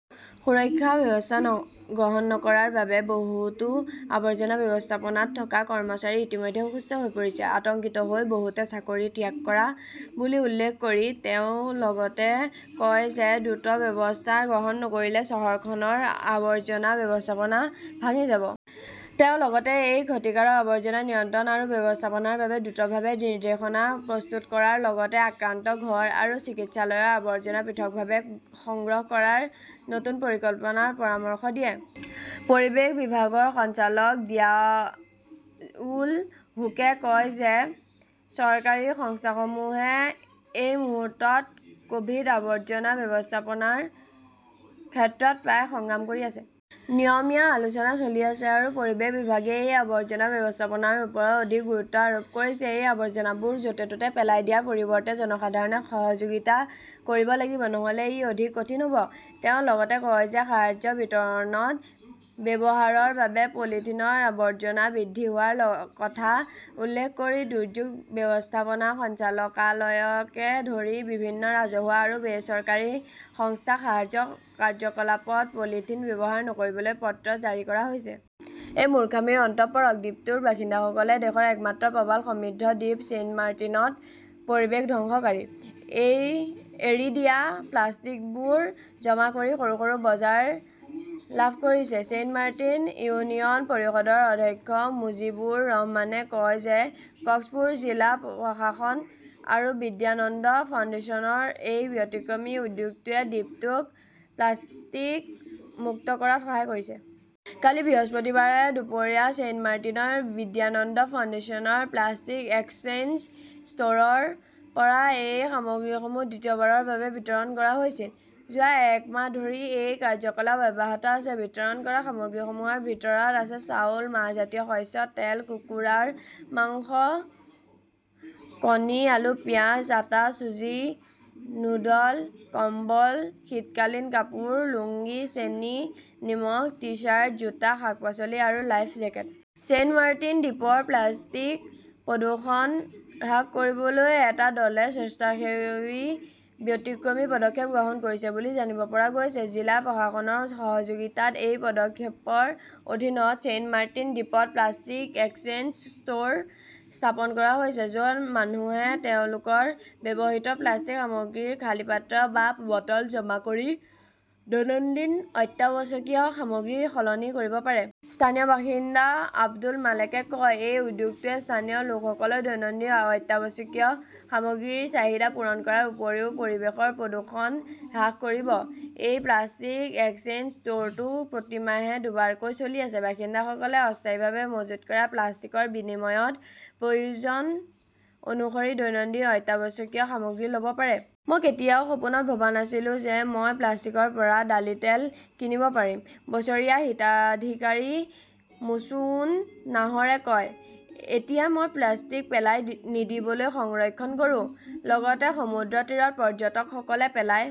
সুৰক্ষা ব্যৱস্থা গ্ৰহণ নকৰাৰ বাবে বহুতো আৱৰ্জনা ব্যৱস্থাপনাত থকা কৰ্মচাৰী ইতিমধ্যে অসুস্থ হৈ পৰিছে। আতংকিত হৈ বহুতে চাকৰি ত্যাগ কৰা বুলি উল্লেখ কৰি তেওঁ লগতে কয় যে দ্ৰুত ব্যৱস্থা গ্ৰহণ নকৰিলে চহৰখনৰ আৱৰ্জনা ব্যৱস্থাপনা ভাঙি যাব। তেওঁ লগতে এই ক্ষতিকাৰক আৱৰ্জনা নিয়ন্ত্ৰণ আৰু ব্যৱস্থাপনাৰ বাবে দ্ৰুতভাৱে নিৰ্দেশনা প্ৰস্তুত কৰাৰ লগতে আক্ৰান্ত ঘৰ আৰু চিকিৎসালয়ৰ আৱৰ্জনা পৃথকভাৱে সংগ্ৰহ কৰাৰ নতুন পৰিকল্পনাৰ পৰামৰ্শ দিয়ে। পৰিৱেশ বিভাগৰ সঞ্চালক জিয়াউল হুকে কয় যে চৰকাৰী সংস্থাসমূহে এই মুহূৰ্তত ক'ভিড আৱৰ্জনা ব্যৱস্থাপনাৰ ক্ষেত্ৰত প্ৰায়ে সংগ্ৰাম কৰি আছে। নিয়মীয়া আলোচনা চলি আছে আৰু পৰিৱেশ বিভাগে এই আৱৰ্জনা ব্যৱস্থাপনাৰ ওপৰত অধিক গুৰুত্ব আৰোপ কৰিছে। এই আৱৰ্জনাবোৰ য'তে ত'তে পেলাই দিয়াৰ পৰিৱৰ্তে জনসাধাৰণে সহযোগিতা কৰিব লাগিব। নহ'লে ই অধিক কঠিন হ'ব। তেওঁ লগতে কয় যে সাহায্য বিতৰণত ব্যৱহাৰৰ বাবে পলিথিনৰ আৱৰ্জনা বৃদ্ধি হোৱাৰ কথা উল্লেখ কৰি দুৰ্যোগ ব্যৱস্থাপনা সঞ্চালকালয়কে ধৰি বিভিন্ন ৰাজহুৱা আৰু বেচৰকাৰী সংস্থাক সাহায্য কাৰ্যকলাপত পলিথিন ব্যৱহাৰ নকৰিবলৈ পত্ৰ জাৰি কৰা হৈছে। এই মূৰ্খামিৰ অন্ত পৰক। দ্বীপটোৰ বাসিন্দাসকলে দেশৰ একমাত্ৰ প্ৰবাল সমৃদ্ধ দ্বীপ ছেইণ্টমাৰ্টিনত পৰিৱেশ ধ্বংসকাৰী। এৰি দিয়া প্লাষ্টিকবোৰ জমা কৰি সৰু সৰু বজাৰ লাভ কৰিছে। ছেইণ্টমাৰ্টিন ইউনিয়ন পৰিষদৰ অধ্যক্ষ মুজিবুৰ ৰহমানে কয় যে কক্সপুৰ জিলা প্ৰশাসন আৰু বিদ্যানন্দ ফাউণ্ডেশ্যনৰ এই ব্যতিক্ৰমী উদ্যোগটোৱে দ্বীপটোক প্লাষ্টিক মুক্ত কৰাত সহায় কৰিছে। কালি বৃহস্পতিবাৰে দুপৰীয়া ছেইণ্টমাৰ্টিনৰ বিদ্যানন্দ ফাউণ্ডেশ্যনৰ "প্লাষ্টিক এক্সচেঞ্জ" ষ্ট'ৰৰ পৰা এই সামগ্ৰীসমূহ দ্বিতীয়বাৰৰ বাবে বিতৰণ কৰা হৈছিল। যোৱা এক মাহ ধৰি এই কাৰ্যকলাপ অব্যাহত আছে। বিতৰণ কৰা সামগ্ৰীসমূহৰ ভিতৰত আছে-চাউল, মাহজাতীয় শস্য, তেল, কুকুৰাৰ মাংস, কণী, আলু, পিয়াজ, আটা, চুজি, নুডল, কম্বল, শীতকালীন কাপোৰ, লুঙ্গি, চেনি, নিমখ, টি-চাৰ্ট, জোতা, শাক-পাচলি আৰু লাইফ জেকেট। ছেইণ্টমাৰ্টিন দ্বীপৰ প্লাষ্টিক প্ৰদূষণ হ্ৰাস কৰিবলৈ এটা দলে স্বেচ্ছাসেৱী ব্যতিক্ৰমী পদক্ষেপ গ্ৰহণ কৰিছে বুলি জানিব পৰা গৈছে। জিলা প্ৰশাসনৰ সহযোগিতাত এই পদক্ষেপৰ অধীনত ছেইণ্টমাৰ্টিন দ্বীপত প্লাষ্টিক এক্সচেঞ্জ ষ্ট'ৰ স্থাপন কৰা হৈছে, য'ত মানুহে তেওঁলোকৰ ব্যৱহৃত প্লাষ্টিক সামগ্ৰীৰ খালী পাত্ৰ বা বটল জমা কৰি দৈনন্দিন অত্যাৱশ্যকীয় সামগ্ৰী সলনি কৰিব পাৰে। স্থানীয় বাসিন্দা আব্দুল মালেকে কয়, "এই উদ্যোগটোৱে স্থানীয় লোকসকলৰ দৈনন্দিন অত্যাৱশ্যকীয় সামগ্ৰীৰ চাহিদা পূৰণ কৰাৰ উপৰিও পৰিৱেশৰ প্ৰদূষণ হ্ৰাস কৰিব"। এই প্লাষ্টিক এক্সচেঞ্জ ষ্ট'ৰটো প্ৰতি মাহে দুবাৰকৈ চলি আছে। বাসিন্দাসকলে অস্থায়ীভাৱে মজুত কৰা প্লাষ্টিকৰ বিনিময়ত প্ৰয়োজন অনুসৰি দৈনন্দিন অত্যাৱশ্যকীয় সামগ্ৰী ল'ব পাৰে। "মই কেতিয়াও সপোনত ভবা নাছিলো যে মই প্লাষ্টিকৰ পৰা ডালি তেল কিনিব পাৰিম", বছৰীয়া হিতাধিকাৰী মুছুউন নাহৰে কয়। এতিয়া মই প্লাষ্টিক পেলাই নিদিবলৈ সংৰক্ষণ কৰোঁ। লগতে সমুদ্ৰতীৰত পৰ্যটকসকলে পেলাই